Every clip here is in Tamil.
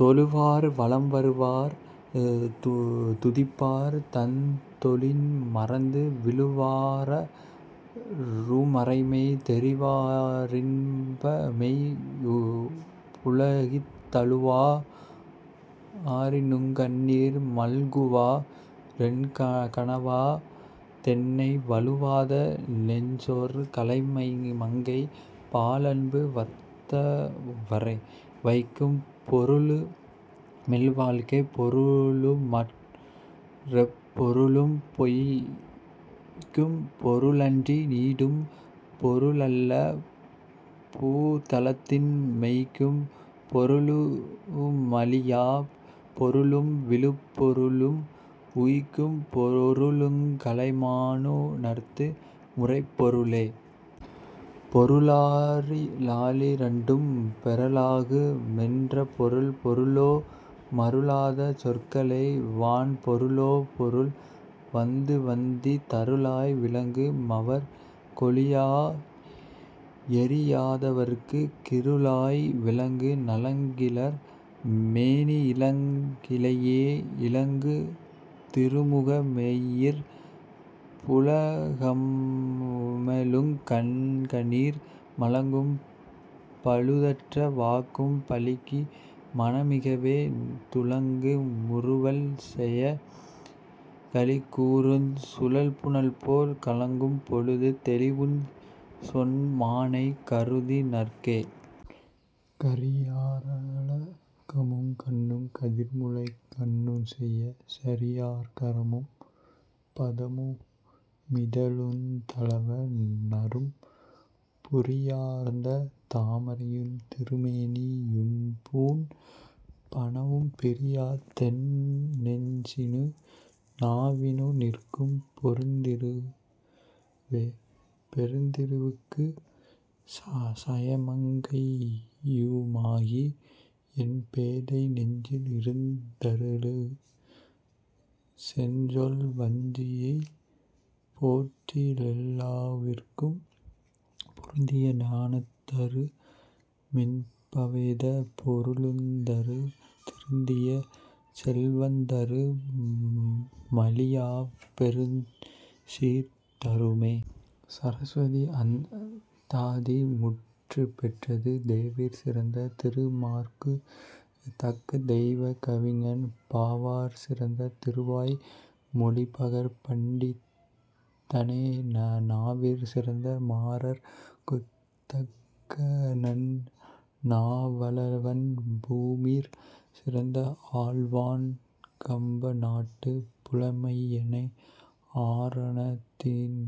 தொழுவார் வலம்வருவார் துதிப்பார் தந்தொழின் மறந்து விழுவா ரருமறைமெய் தெரிவா ரின்பமெய் புளகித் தழுவா ரினுங்கண்ணீர் மல்குவா ரென்கணாவ தென்னை வழுவாத செஞ்சொற் கலைமங்கை பாலன்பு வத்தவரே. வைக்கும் பொருளு மில்வாழ்க்கைப் பொருளுமற் றெப்பொருளும் பொய்க்கும் பொருளன்றி நீடும் பொருளல்ல பூதலத்தின் மெய்க்கும் பொருளு மழியாப் பொருளும் விழுப்பொருளும் உய்க்கும் பொருளுங் கலைமா னுணர்த்து முரைப்பொருளே. பொருளா லிரண்டும் பெறலாகு மென்றபொருள் பொருளோ மருளாத சொற்கலை வான்பொருளோ பொருள் வந்துவந்தித் தருளாய் விளங்கு மவர்க் கொளியா யறியாதவருக் கிருளாய் விளங்கு நலங்கிளர் மேனியிலங் கிழையே. இலங்குந் திருமுக மெய்யிற் புளகமெழுங் கண்கணீர் மலங்கும் பழுதற்ற வாக்கும் பலிக்கு மனமிகவே துலங்கு முறுவல் செயக் களிகூருஞ் சுழல்புனல்போல் கலங்கும் பொழுது தெளியுஞ் சொன்மானைக் கருதினர்க்கே. கரியா ரளகமுங் கண்ணுங் கதிர்முலைக் கண்ணுஞ்செய்ய சரியார் கரமும் பதமு மிதழுந்தவள நறும் புரியார்ந்த தாமரையுந் திருமேனி யும்பூண் பனவும் பிரியா தென்னெஞ்சினு நாவினு நிற்கும் பெருந்திருவே. பெருந்திருவுஞ் சயமங் கையுமாகி யென்பேதை நெஞ்சில் இருந்தருளுஞ் செஞ்சொல் வஞ்சியைப் போற்றிலெல்லாவுயிர்க்கும் பொருந்திய ஞானந்தரு மின்பவேதப் பொருளுந் தருந் திருந்திய செல்வந்தரு மழியாப் பெருஞ் சீர்தருமே. சரஸ்வதி அந்தாதி முற்றுப்பெற்றது. தேவிற் சிறந்த திருமாற்குத் தக்கதெய்வக் கவிஞன் பாவாற் சிறந்த திருவாய் மொழிபகர் பண்டிதனே நாவிற் சிறந்த மாறற் குத் தக்கநன் நாவலவன் பூவிற் சிறந்த ஆழ்வான் கம்பநாட்டுப் புலமையனே. ஆரணத் தின்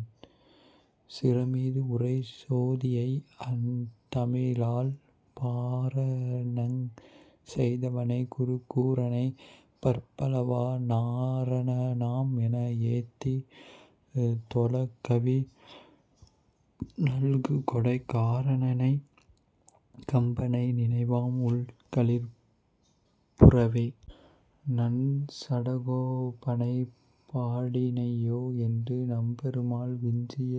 சிரமீது உறை சோதியை ஆந்தமிழால் பாரணஞ் செய்தவனைக் குரு கூரனைப் பற்பலவா நாரணனாம் என ஏத்தித் தொழக் கவி நல்குகொடைக் காரணனைக் கம்பனைக் நினைவாம் உள் களிப்புறவே. நஞ் சடகோபனைப் பாடினையோ என்று நம்பெருமாள் விஞ்சிய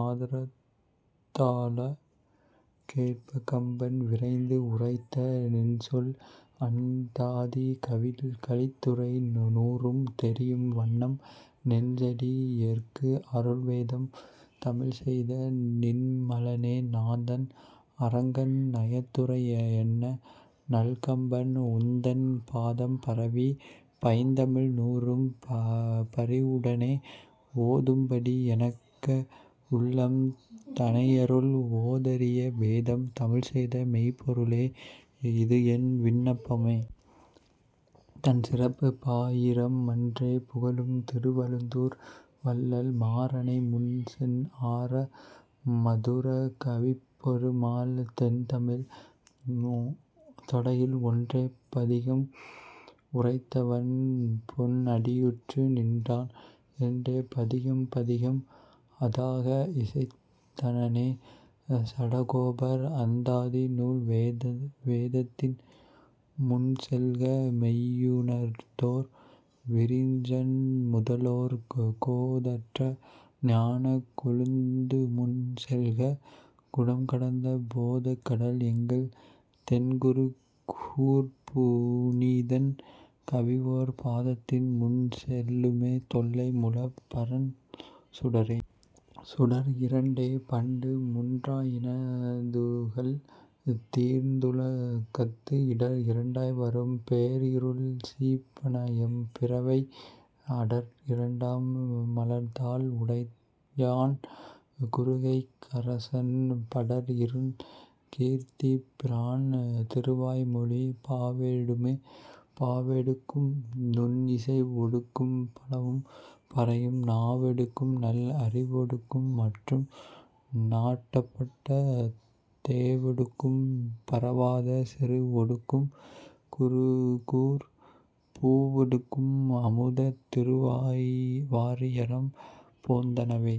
ஆதரத்தால கேட்பக் கம்பன் விரைந்து உரைத்த செஞ்சொல் அந்தாதி கலித்துறை நூறும் தெரியும் வண்ணம் நெஞ்சடி யேற்கு அருள் வேதம் தமிழ்செய்த நின்மலனே. நாதன் அரங்கன் நயத்துரை என்ன நல் கம்பன் உன்தன் பாதம் பரவி பைந்தமிழ் நூறும் பரிவுடனே ஓதும்படி எனக்க உள்ளம் தனையருள் ஓதரிய வேதம் தமிழ்செய்த மெய்ப்பொருளே இதுஎன் விண்ணப்பமே. தன் சிறப்புப் பாயிரம் மன்றே புகழும் திருவழுந்தூர் வள்ளல் மாறனை முன் சென்ஆற மதுர கவிப்பெருமாள் தென்தமிழ்த் தொடையில் ஒன்றே பதிகம் உரைத்தவன் பொன்அடியுற்று நின்றான் என்றே பதிகம் பதிகம் அதாக இசைத்தனனே. சடகோபர் அந்தாதி நூல் வேதத்தின் முன்செல்க மெய்யுணர்தோர் விரிஞ்சன் முதலோர் கோதற்ற ஞானக் கொழுந்துமுன் செல்க குணம்கடந்த போதக்கடல் எங்கள் தென்குரு கூர்ப் புனிதன் கவிஓர் பாதத்தின் முன்செல்லுமே தொல்லை மூலப் பரஞ்சுடரே. சுடர் இரண்டே பண்டு முன்றாயின துகள், தீர்ந்துலகத்து இடர் இரண்டாய் வரும் பேர்இருள் சீப்பன எம் பிறப்பை அடர்இரண்டாம் மலர்தாள் உடையான் குருகைக்கரசன் படர்இருங் கீர்த்திபிரான் திருவாய்மொழிப் பாவொடுமே. பாவொடுக்கும் நுண் இசை ஒடுக்கும் பலவும் பறையும் நாவொடுக்கும் நல் அறிவொடுக்கும் மற்றும் நாட்டப்பட்ட தேவொடுக்கும் பரவாதச் செரு ஒடுக்கும் குருகூர்ப் பூவொடுக்கும் அமுதத் திருவாரியரம் போந்தனவே.